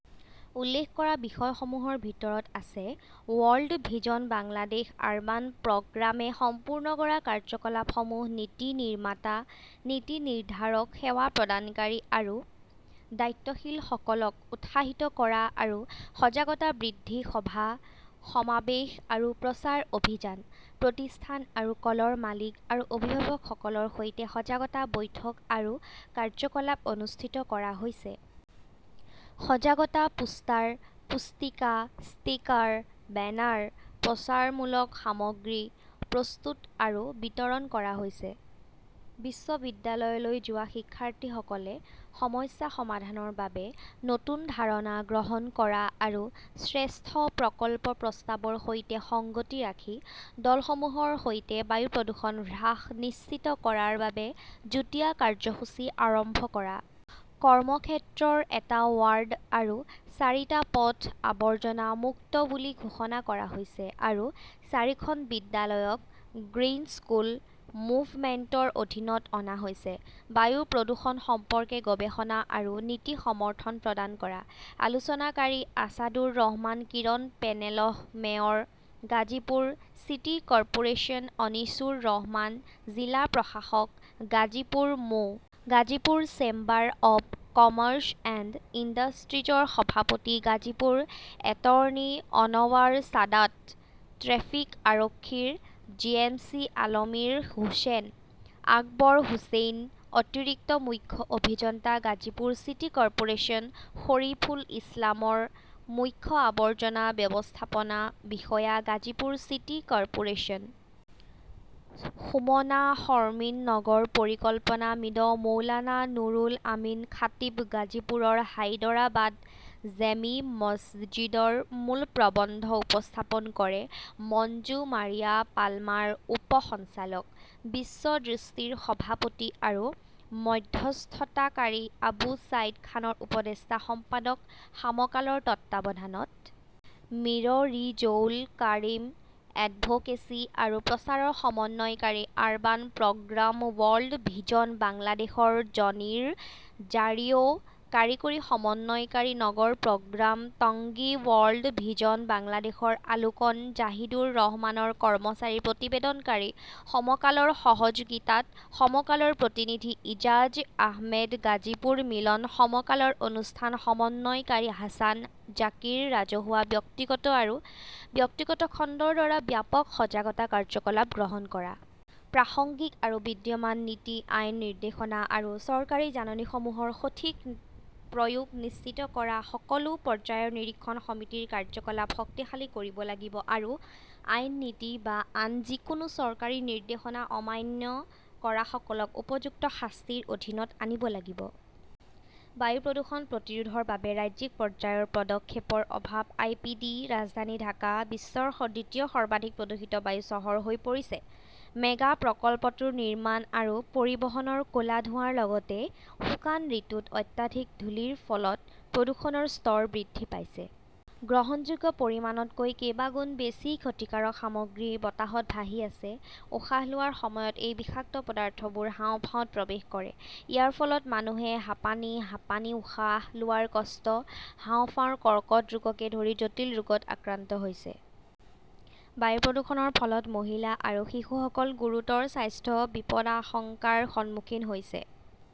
উল্লেখ কৰা বিষয়সমূহৰ ভিতৰত আছে ৱৰ্ল্ড ভিজন বাংলাদেশ আৰবান প্ৰগ্ৰামে সম্পূৰ্ণ কৰা কাৰ্যকলাপসমূহ-নীতি নিৰ্মাতা, নীতি নিৰ্ধাৰক, সেৱা প্ৰদানকাৰী আৰু দায়িত্বশীলসকলক উৎসাহিত কৰা আৰু সজাগতা বৃদ্ধি সভা, সমাৱেশ আৰু প্ৰচাৰ অভিযান। প্ৰতিষ্ঠান আৰু কলৰ মালিক আৰু অভিভাৱকসকলৰ সৈতে সজাগতা বৈঠক আৰু কাৰ্যকলাপ অনুষ্ঠিত কৰা হৈছে। সজাগতা পোষ্টাৰ, পুস্তিকা, ষ্টিকাৰ, বেনাৰ, প্ৰচাৰমূলক সামগ্ৰী প্ৰস্তুত আৰু বিতৰণ কৰা হৈছে। বিশ্ববিদ্যালয়লৈ যোৱা শিক্ষাৰ্থীসকলে সমস্যা সমাধানৰ বাবে নতুন ধাৰণা গ্ৰহণ কৰা আৰু শ্ৰেষ্ঠ প্ৰকল্প প্ৰস্তাৱৰ সৈতে সংগতি ৰাখি দলসমূহৰ সৈতে বায়ু প্ৰদূষণ হ্ৰাস নিশ্চিত কৰাৰ বাবে যুটীয়া কাৰ্যসূচী আৰম্ভ কৰা। কৰ্মক্ষেত্ৰৰ এটা ৱাৰ্ড আৰু চাৰিটা পথ আবৰ্জনা-মুক্ত বুলি ঘোষণা কৰা হৈছে আৰু চাৰিখন বিদ্যালয়ক গ্ৰীণ স্কুল মুভমেণ্টৰ অধীনত অনা হৈছে। বায়ু প্ৰদূষণ সম্পৰ্কে গৱেষণা আৰু নীতি সমৰ্থন প্ৰদান কৰা। আলোচনাকাৰী Asadur Rahman Kiran panel mayor Gazipur city corporation Anisur Rahman, জিলা প্ৰশাসক, গাজীপুৰ মো. Gazipur chamber of commerce and ইণ্ডাষ্ট্ৰীজৰ সভাপতি গাজীপুৰ এটৰ্নী অনৱাৰ ছাদাত, ট্ৰেফিক আৰক্ষীৰ ডিএমচি আলমিৰ হোসেন। আকবৰ হুছেইন অতিৰিক্ত মুখ্য অভিযন্তা গাজীপুৰ চিটি কৰ্পোৰেচন শৰিফুল ইছলামৰ মুখ্য আৱৰ্জনা ব্যৱস্থাপনা বিষয়া গাজীপুৰ চিটি কৰ্পোৰেচন সুমনা শৰ্মিন নগৰ পৰিকল্পনাবিদ মৌলানা নুৰুল আমিন খাটিব গাজীপুৰৰ হায়দৰাবাদ জেমি মছজিদৰ মূল প্ৰবন্ধ উপস্থাপন কৰে মঞ্জু মাৰিয়া পালমাৰ উপ সঞ্চালক, বিশ্ব দৃষ্টিৰ সভাপতি আৰু মধ্যস্থতাকাৰী আবু ছাইদ খানৰ উপদেষ্টা সম্পাদক সামকালৰ তত্বাৱধানত মিৰ ৰিজৌল কাৰিম এডভোকেচি আৰু প্ৰচাৰৰ সমন্বয়কাৰী, আৰবান প্ৰগ্ৰাম ৱৰ্ল্ড ভিজন বাংলাদেশৰ জনি ৰ 'জাৰিঅ' কাৰিকৰী সমন্বয়কাৰী নগৰ প্ৰগ্ৰাম, টংগী ৱৰ্ল্ড ভিজন বাংলাদেশৰ আলোকন জাহিদুৰ ৰহমানৰ কৰ্মচাৰী প্ৰতিবেদনকাৰী, সমকালৰ সহযোগিতাত সমকালৰ প্ৰতিনিধি ইজাজ আহমেদ গাজীপুৰ মিলন, সমকালৰ অনুষ্ঠান সমন্বয়কাৰী হাছান জাকিৰ ৰাজহুৱা, ব্যক্তিগত আৰু ব্যক্তিগত খণ্ডৰ দ্বাৰা ব্যাপক সজাগতা কাৰ্যকলাপ গ্ৰহণ কৰা। প্ৰাসংগিক আৰু বিদ্যমান নীতি, আইন, নিৰ্দেশনা আৰু চৰকাৰী জাননীসমূহৰ সঠিক প্ৰয়োগ নিশ্চিত কৰা। সকলো পৰ্যায়ৰ নিৰীক্ষণ সমিতিৰ কাৰ্য্যকলাপ শক্তিশালী কৰিব লাগিব আৰু আইন, নীতি বা আন যিকোনো চৰকাৰী নিৰ্দেশনা অমান্য কৰাসকলক উপযুক্ত শাস্তিৰ অধীনত আনিব লাগিব। বায়ু প্ৰদূষণ প্ৰতিৰোধৰ বাবে ৰাজ্যিক পৰ্যায়ৰ পদক্ষেপৰ অভাৱ আই পি ডি ৰাজধানী ঢাকা বিশ্বৰ দ্বিতীয় সৰ্বাধিক প্ৰদূষিত বায়ু চহৰ হৈ পৰিছে। মেগা প্ৰকল্পটোৰ নিৰ্মাণ আৰু পৰিবহণৰ ক’লা ধোঁৱাৰ লগতে শুকান ঋতুত অত্যাধিক ধূলিৰ ফলত প্ৰদূষণৰ স্তৰ বৃদ্ধি পাইছে। গ্ৰহণযোগ্য পৰিমাণতকৈ কেইবাগুণ বেছি ক্ষতিকাৰক সামগ্ৰী বতাহত ভাহি আছে। উশাহ লোৱাৰ সময়ত এই বিষাক্ত পদাৰ্থবোৰ হাঁওফাঁওত প্ৰৱেশ কৰে। ইয়াৰ ফলত মানুহে হাঁপানি, হাঁপানি, উশাহ লোৱাৰ কষ্ট, হাঁওফাঁওৰ কৰ্কট ৰোগকে ধৰি জটিল ৰোগত আক্ৰান্ত হৈছে। বায়ু প্ৰদূষণৰ ফলত মহিলা আৰু শিশুসকল গুৰুতৰ স্বাস্থ্য বিপদাশংকাৰ সন্মুখীন হৈছে।